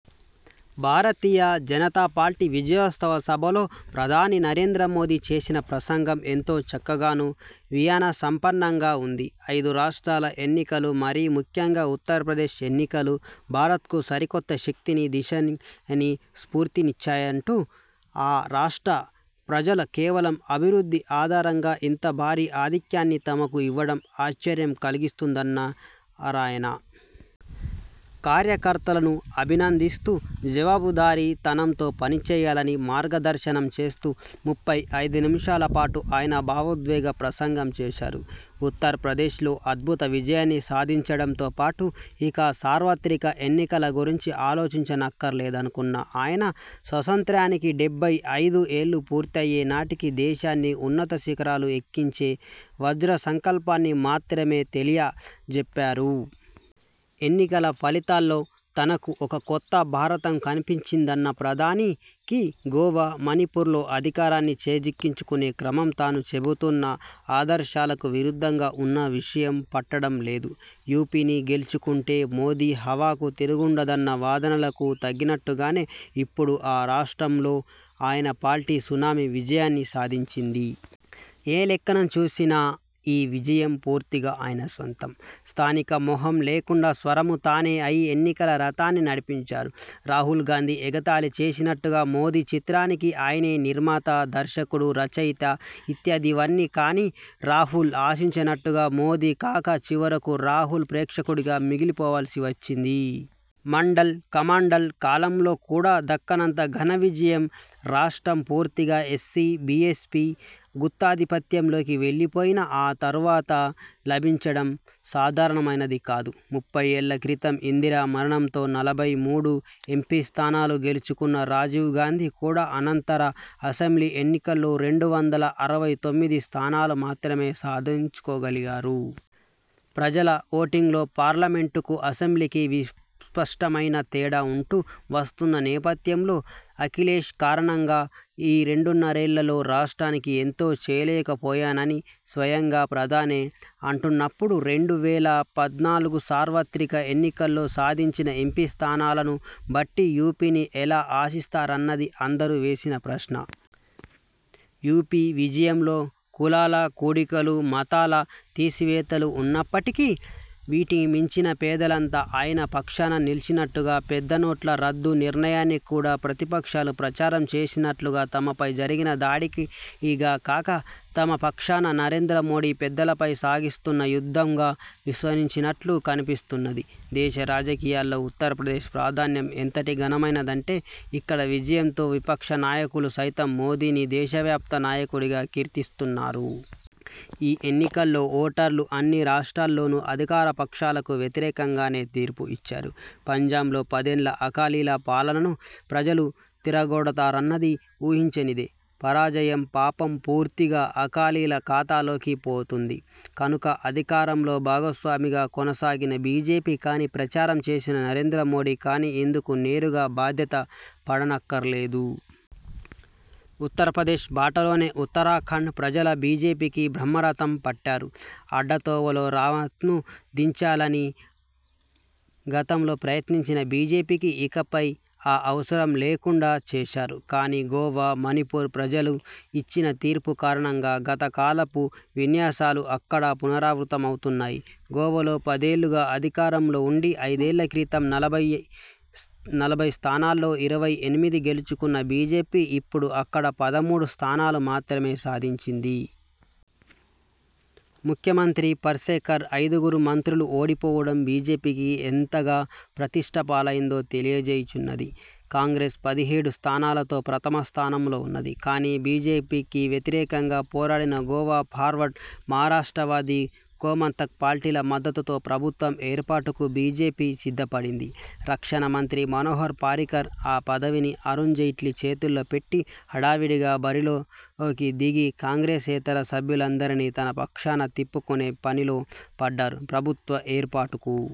భారతీయ జనతాపార్టీ విజయోత్సవ సభలో ప్రధాని నరేంద్రమోదీ చేసిన ప్రసంగం ఎంతో చక్కగానూ, వియసంపన్నంగా ఉంది. ఐదు రాష్ట్రాల ఎన్నికలు, మరీ ముఖ్యంగా ఉత్తరప్రదేశ్ ఎన్నికలు భారత్కు సరికొత్త శక్తినీ, దిశనీ, స్ఫూర్తినిచ్చాయంటూ, ఆ రాష్ట్ర ప్రజలు కేవలం అభివృద్ధి ఆధారంగా ఇంత భారీ ఆధిక్యాన్ని తమకు ఇవ్వడం ఆశ్చర్యం కలిగిస్తున్నదని అన్నారాయన. కార్యకర్తలను అభినందిస్తూ, జవాబుదారీ తనంతో పనిచేయాలని మార్గదర్శనంచేస్తూ ముప్పై ఐదునిముషాలపాటు ఆయన భావోద్వేగ ప్రసంగం చేశారు. ఉత్తరప్రదేశ్లో అద్భుత విజయాన్ని సాధించడంతో, పాటు ఇక సార్వత్రిక ఎన్నికల గురించి ఆలోచించనక్కరలేదనుకున్న ఆయన, స్వాతంత్ర్యానికి డెబ్బై ఐదు ఏళ్ళు పూర్తయ్యే నాటికి దేశాన్ని ఉన్నతశిఖరాలు ఎక్కించే వజ్రసంకల్పాన్ని మాత్రమే తెలియచెప్పారు. ఎన్నికల ఫలితాల్లో తనకు ఒక కొత్త భారతం కనిపించిదన్న ప్రధానికి, గోవా, మణిపూర్లో అధికారాన్ని చేజిక్కించుకొనే క్రమం తాను చెబుతున్న ఆదర్శాలకు విరుద్ధంగా ఉన్న విషయం పట్టడం లేదు. యూపీని గెలుచుకుంటే మోదీ హవాకు తిరుగుండదన్న వాదనలకు తగినట్టుగానే, ఇప్పుడు ఆ రాష్ట్రంలో ఆయన పార్టీ సునామీ విజయాన్ని సాధించింది. ఏ లెక్కన చూసినా ఈ విజయం పూర్తిగా ఆయన స్వంతం. స్థానిక మొఖం లేకుండా సర్వమూ తానే అయి ఎన్నికల రథాన్ని నడిపించారు. రాహుల్ గాంధీ ఎగతాళి చేసినట్టుగా, మోదీ చిత్రానికి ఆయనే నిర్మాత, దర్శకుడు, రచయిత ఇత్యాదివన్నీ. కానీ, రాహుల్ ఆశించినట్టుగా మోదీకాక చివరకు రాహుల్ ప్రేక్షకుడిగా మిగిలిపోవాల్సి వచ్చింది. మండల్–కమండల్ కాలంలో కూడా దక్కనంత ఘనవిజయం రాష్ట్రం పూర్తిగా ఎస్పీ బీఎస్పీ గుత్తాధిపత్యంలోకి వెళ్లిపోయిన తరువాత లభించడం సాధారణమైనది కాదు. ముప్పయ్యేళ్ళక్రితం ఇందిర మరణంతో ఎనభై మూడు ఎంపీస్థానాలు గెలుచుకున్న రాజీవ్ గాంధీ కూడా అనంతర అసెంబ్లీ ఎన్నికల్లో రెండు వందల అరవై తొమ్మిది స్థానాలు మాత్రమే సాధించుకోగలిగారు. ప్రజల ఓటింగ్లో పార్లమెంటుకూ, అసెంబ్లీకీ విస్పష్టమైన తేడా ఉంటూ వస్తున్న నేపథ్యంలో, అఖిలేశ్ కారణంగా ఈ రెండున్నరేళ్ళ లో రాష్ట్రానికి ఎంతో చేయలేకపోయానని స్వయంగా ప్రధానే అంటున్నప్పుడు, రెండు వేల పద్నాలుగుసార్వత్రిక ఎన్నికల్లో సాధించిన ఎంపీస్థానాలను బట్టి యూపీని ఎలా ఆశిస్తారన్నది అందరూ వేసిన ప్రశ్న. యూపీ విజయంలో కులాల కూడికలూ మతాల తీసివేతలూ ఉన్నప్పటికీ, వీటికి మించి పేదలంతా ఆయన పక్షాన నిలిచినట్టుగా, పెద్దనోట్ల రద్దు నిర్ణయాన్ని కూడా ప్రతిపక్షాలు ప్రచారం చేసినట్లుగా తమపై జరిగిన దాడిగా కాక, తమపక్షాన నరేంద్రమోదీ పెద్దలపై సాగిస్తున్న యుద్ధంగా విశ్వసించినట్లు కనిపిస్తున్నది. దేశరాజకీయాల్లో ఉత్తరప్రదేశ్ ప్రాధాన్యం ఎంతటి ఘనమైనదంటే, ఇక్కడి విజయంతో విపక్షనాయకులు సైతం మోదీని దేశవ్యాప్త నాయకుడిగా కీర్తిస్తున్నారు. ఈ ఎన్నికల్లో ఓటర్లు అన్ని రాష్ట్రాల్లోనూ అధికారపక్షాలకు వ్యతిరేకంగానే తీర్పు ఇచ్చారు. పంజాబ్లో పదేళ్ళ అకాలీల పాలనను ప్రజలు తిరగ్గొడతారన్నది ఊహించినదే. పరాజయం పాపం పూర్తిగా అకాలీల ఖాతాలోకి పోతుంది కనుక, అధికారంలో భాగస్వామిగా కొనసాగిన బీజేపీ కానీ, ప్రచారం చేసిన నరేంద్రమోదీ కానీ ఇందుకు నేరుగా బాధ్యత పడనక్కరలేదు. ఉత్తరప్రదేశ్ బాటలోనే ఉత్తరాఖండ్ ప్రజలు బీజేపీకి బ్రహ్మరథం పట్టారు. అడ్డతోవలో రావత్ను దించాలని గతంలో ప్రయత్నించిన బీజేపీకి ఇకపై ఆ అవసరం లేకుండా చేశారు. కానీ, గోవా, మణిపూర్ ప్రజలు ఇచ్చిన తీర్పు కారణంగా గతకాలపు విన్యాసాలు అక్కడ పునరావృతమవుతున్నాయి. గోవాలో పదేళ్ళుగా అధికారంలో ఉండి, ఐదేళ్ళక్రితం నలభై స్థానాల్లో ఇరవై ఎనిమిది గెలుచుకున్న బీజేపీ ఇప్పుడు అక్కడ పదమూడు స్థానాలు మాత్రమే సాధించింది. ముఖ్యమంత్రి పర్సేకర్, ఐదుగురు మంత్రులు ఓడిపోవడం బీజేపీ ఎంతగా అప్రదిష్టపాలైందో తెలియచెబుతున్నది. కాంగ్రెస్ పదిహేడు స్థానాలతో ప్రథమస్థానంలో ఉన్నది. కానీ, బీజేపీకి వ్యతిరేకంగా పోరాడిన గోవా ఫార్వర్డ్, మహారాష్ట్రవాదీ గోమంతక్ పార్టీల మద్దతుతో ప్రభుత్వం ఏర్పాటుకు బీజేపీ సిద్ధపడింది. రక్షణమంత్రి మనోహర్ పారీకర్ ఆ పదవిని అరుణ్జైట్లీ చేతుల్లో పెట్టి హడావుడిగా బరిలోకి దిగి, కాంగ్రెసేతర సభ్యులందరినీ తనపక్షాన తిప్పుకొనే పనిలో పడ్డారు. ప్రభుత్వ ఏర్పాటుకు